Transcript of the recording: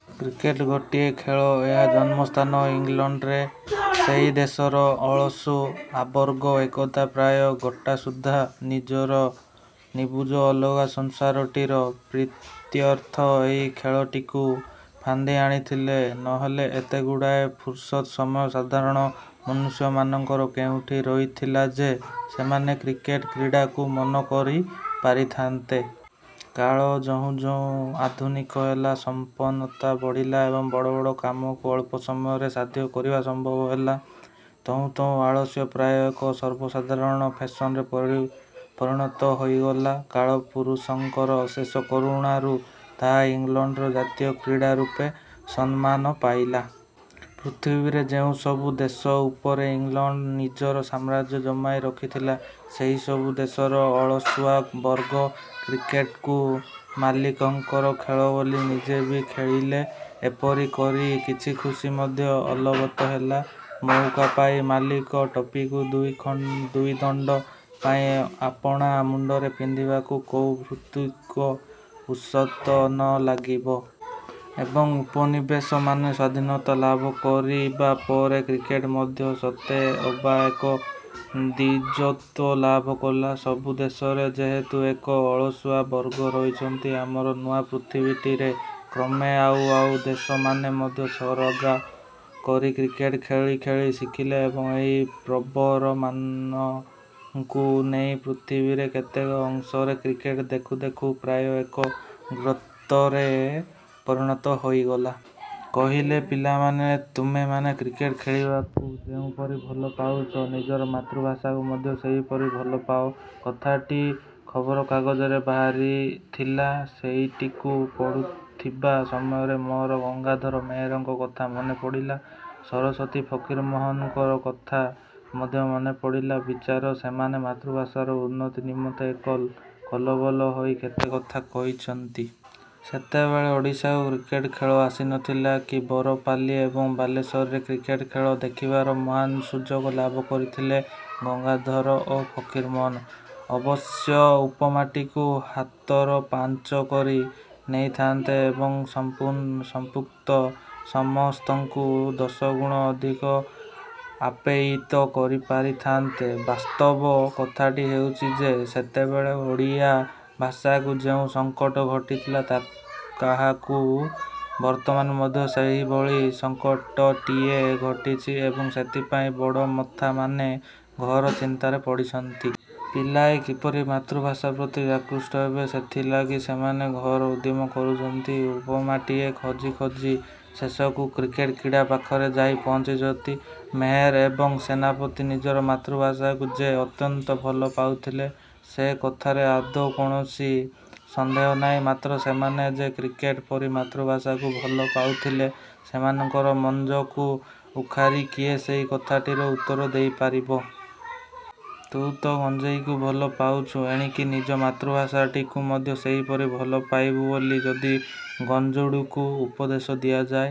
Cricket ଗୋଟିଏ ଖେଳ। ଏହାର ଜନ୍ମସ୍ଥାନ ଇଂଲଣ୍ଡରେ। ସେହି ଦେଶର ଅଳସୁଆବର୍ଗ ଏକଦା ପ୍ରାୟ ଗୋଟାସୁଦ୍ଧା ନିଜର ନିବୁଜ ଅଲଗା ସଂସାରଟିର ପ୍ରୀତ୍ୟର୍ଥ ଏହି ଖେଳଟିକୁ ଫାନ୍ଦି ଆଣିଥିଲେ। ନହେଲେ ଏତେଗୁଡ଼ାଏ ଫୁରୁସତ୍ ସମୟ ସାଧାରଣ ମନୁଷ୍ୟମାନଙ୍କର କେଉଁଠି ରହିଥିଲା ଯେ ସେମାନେ କ୍ରିକେଟ କ୍ରୀଡ଼ାକୁ ମନକରି ପାରିଥାନ୍ତେ? କାଳ ଯହୁଁ ଯହୁଁ ଆଧୁନିକ ହେଲା ସମ୍ପନ୍ନତା ବଢ଼ିଲା ଏବଂ ବଡ଼ ବଡ଼ କାମକୁ ଅଳପ ସମୟରେ ସାଧ୍ୟ କରିବା ସମ୍ଭବ ହେଲା ତହୁଁ ତହୁଁ ଆଳସ୍ୟ ପ୍ରାୟ ଏକ ସର୍ବସାଧାରଣ ଫେଶନରେ ପଳି ପରିଣତ ହୋଇଗଲା। କାଳପୁରୁଷଙ୍କର ଅଶେଷ କରୁଣାରୁ ତାହା ଇଂଲଣ୍ଡର ଜାତୀୟ କ୍ରୀଡ଼ା ରୂପେ ସନମାନ ପାଇଲା। ପୃଥିବୀରେ ଯେଉଁ ସବୁ ଦେଶ ଉପରେ ଇଂଲଣ୍ଡ ନିଜର ସାମ୍ରାଜ୍ୟ ଜମାଇ ରଖିଥିଲା ସେହିସବୁ ଦେଶର ଅଳସୁଆ ବର୍ଗ କ୍ରିକେଟ୍କୁ ମାଲିକଙ୍କର ଖେଳ ବୋଲି ନିଜେ ବି ଖେଳିଲେ। ଏପରି କରି କିଛି ଖୁସି ମଧ୍ୟ ଅଲବତ ହେଲା। ମଉକା ପାଇ ମାଲିକ ଟୋପିକୁ ଦୁଇ ଖ ଦୁଇ ଦଣ୍ଡ ପାଇଁ ଆପଣା ମୁଣ୍ଡରେ ପିନ୍ଧିବାକୁ କୋଉ ଭୃତ୍ୟକୁ ଉଷତ ନ ଲାଗିବ? ଏବଂ ଉପନିବେଶମାନେ ସ୍ୱାଧୀନତା ଲାଭ କରିବା ପରେ କ୍ରିକେଟ ମଧ୍ୟ ସତେ ଅବା ଏକ ଦ୍ୱିଜତ୍ୱ ଲାଭ କଲା। ସବୁ ଦେଶରେ ଯେହେତୁ ଏକ ଅଳସୁଆ ବର୍ଗ ରହିଛନ୍ତି। ଆମର ନୂଆ ପୃଥିବୀଟିରେ କ୍ରମେ ଆଉ ଆଉ ଦେଶମାନେ ମଧ୍ୟ ସରଗା କରି କ୍ରିକେଟ ଖେଳି ଖେଳି ଶିଖିଲେ ଏବଂ ଏହି ପ୍ରବରମାନଙ୍କୁ ନେଇ ପୃଥିବୀରେ କେତେକ ଅଂଶରେ କ୍ରିକେଟ ଦେଖୁ ଦେଖୁ ପ୍ରାୟ ଏକ ଗୋତରେ ପରିଣତ ହୋଇଗଲା। କହିଲେ ପିଲାମାନେ ତୁମେମାନେ କ୍ରିକେଟ ଖେଳିବାକୁ ଯେଉଁପରି ଭଲ ପାଉଛ ନିଜର ମାତୃଭାଷାକୁ ମଧ୍ୟ ସେହିପରି ଭଲ ପାଅ। କଥାଟି ଖବରକାଗଜରେ ବାହାରିଥିଲା। ସେଇଟିକୁ ପଢୁଥିବା ସମୟରେ ମୋର ଗଙ୍ଗାଧର ମେହେରଙ୍କ କଥା ମନେପଡ଼ିଲା ସରସ୍ୱତୀ ଫକୀରମୋହନଙ୍କର କଥା ମଧ୍ୟ ମନେପଡ଼ିଲା। ବିଚାର ସେମାନେ ମାତୃଭାଷାର ଉନ୍ନତି ନିମନ୍ତେ କେତେ କଲବଲ ହୋଇ କେତେ କଥା କହିଛନ୍ତି। ସେତେବେଳେ ଓଡ଼ିଶାକୁ କ୍ରିକେଟ ଖେଳ ଆସିନଥିଲା କି? ବରପାଲି ଏବଂ ବାଲେଶ୍ୱରରେ କ୍ରିକେଟ ଖେଳ ଦେଖିବାର ମହାନ୍ ସୁଯୋଗ ଲାଭ କରିଥିଲେ ଗଙ୍ଗାଧର ଓ ଫକୀରମୋହନ ଅବଶ୍ୟ ଉପମାଟିକୁ ହାତରପାଞ୍ଚ କରି ନେଇଥାନ୍ତେ ଏବଂ ସମ୍ପୂ ସମ୍ପୃକ୍ତ ସମସ୍ତଙ୍କୁ ଦଶଗୁଣ ଅଧିକ ଆପ୍ୟାୟିତ କରିପାରିଥାନ୍ତେ। ବାସ୍ତବ କଥାଟି ହେଉଛି ଯେ ସେତେବେଳେ ଓଡ଼ିଆ ଭାଷାକୁ ଯେଉଁ ସଂକଟ ଘୋଟିଥିଲା ତା କାହାକୁ ବର୍ତ୍ତମାନ ମଧ୍ୟ ସେହିଭଳି ସଂକଟଟିଏ ଘଟିଛି ଏବଂ ସେଥିପାଇଁ ବଡ଼ମଥାମାନେ ଘୋର ଚିନ୍ତାରେ ପଡ଼ିଛନ୍ତି। ପିଲାଏ କିପରି ମାତୃଭାଷା ପ୍ରତି ଆକୃଷ୍ଟ ହେବେ ସେଥିଲାଗି ସେମାନେ ଘୋର ଉଦ୍ୟମ କରୁଛନ୍ତି। ଉପମାଟିଏ ଖୋଜି ଖୋଜି ଶେଷକୁ କ୍ରିକେଟ କ୍ରୀଡ଼ା ପାଖରେ ଯାଇ ପହଞ୍ଚିଛନ୍ତି। ମେହେର ଏବଂ ସେନାପତି ନିଜର ମାତୃଭାଷାକୁ ଯେ ଅତ୍ୟନ୍ତ ଭଲ ପାଉଥିଲେ ସେ କଥାରେ ଆଦୌ କୌଣସି ସନ୍ଦେହ ନାହିଁ ମାତ୍ର ସେମାନେ ଯେ କ୍ରିକେଟ ପରି ମାତୃଭାଷାକୁ ଭଲ ପାଉଥିଲେ ସେମାନଙ୍କର ମଞ୍ଜକୁ ଉଖାରି କିଏ ସେହି କଥାଟିର ଉତ୍ତର ଦେଇପାରିବ? ତୁ ତୋ ଗଞ୍ଜେଇକୁ ଭଲ ପାଉଛୁ ଏଣିକି ନିଜ ମାତୃଭାଷାଟିକୁ ମଧ୍ୟ ସେହିପରି ଭଲ ପାଇବୁ ବୋଲି ଯଦି ଜଣେ ଗଞ୍ଜୋଡ଼କୁ ଉପଦେଶ ଦିଆଯାଏ।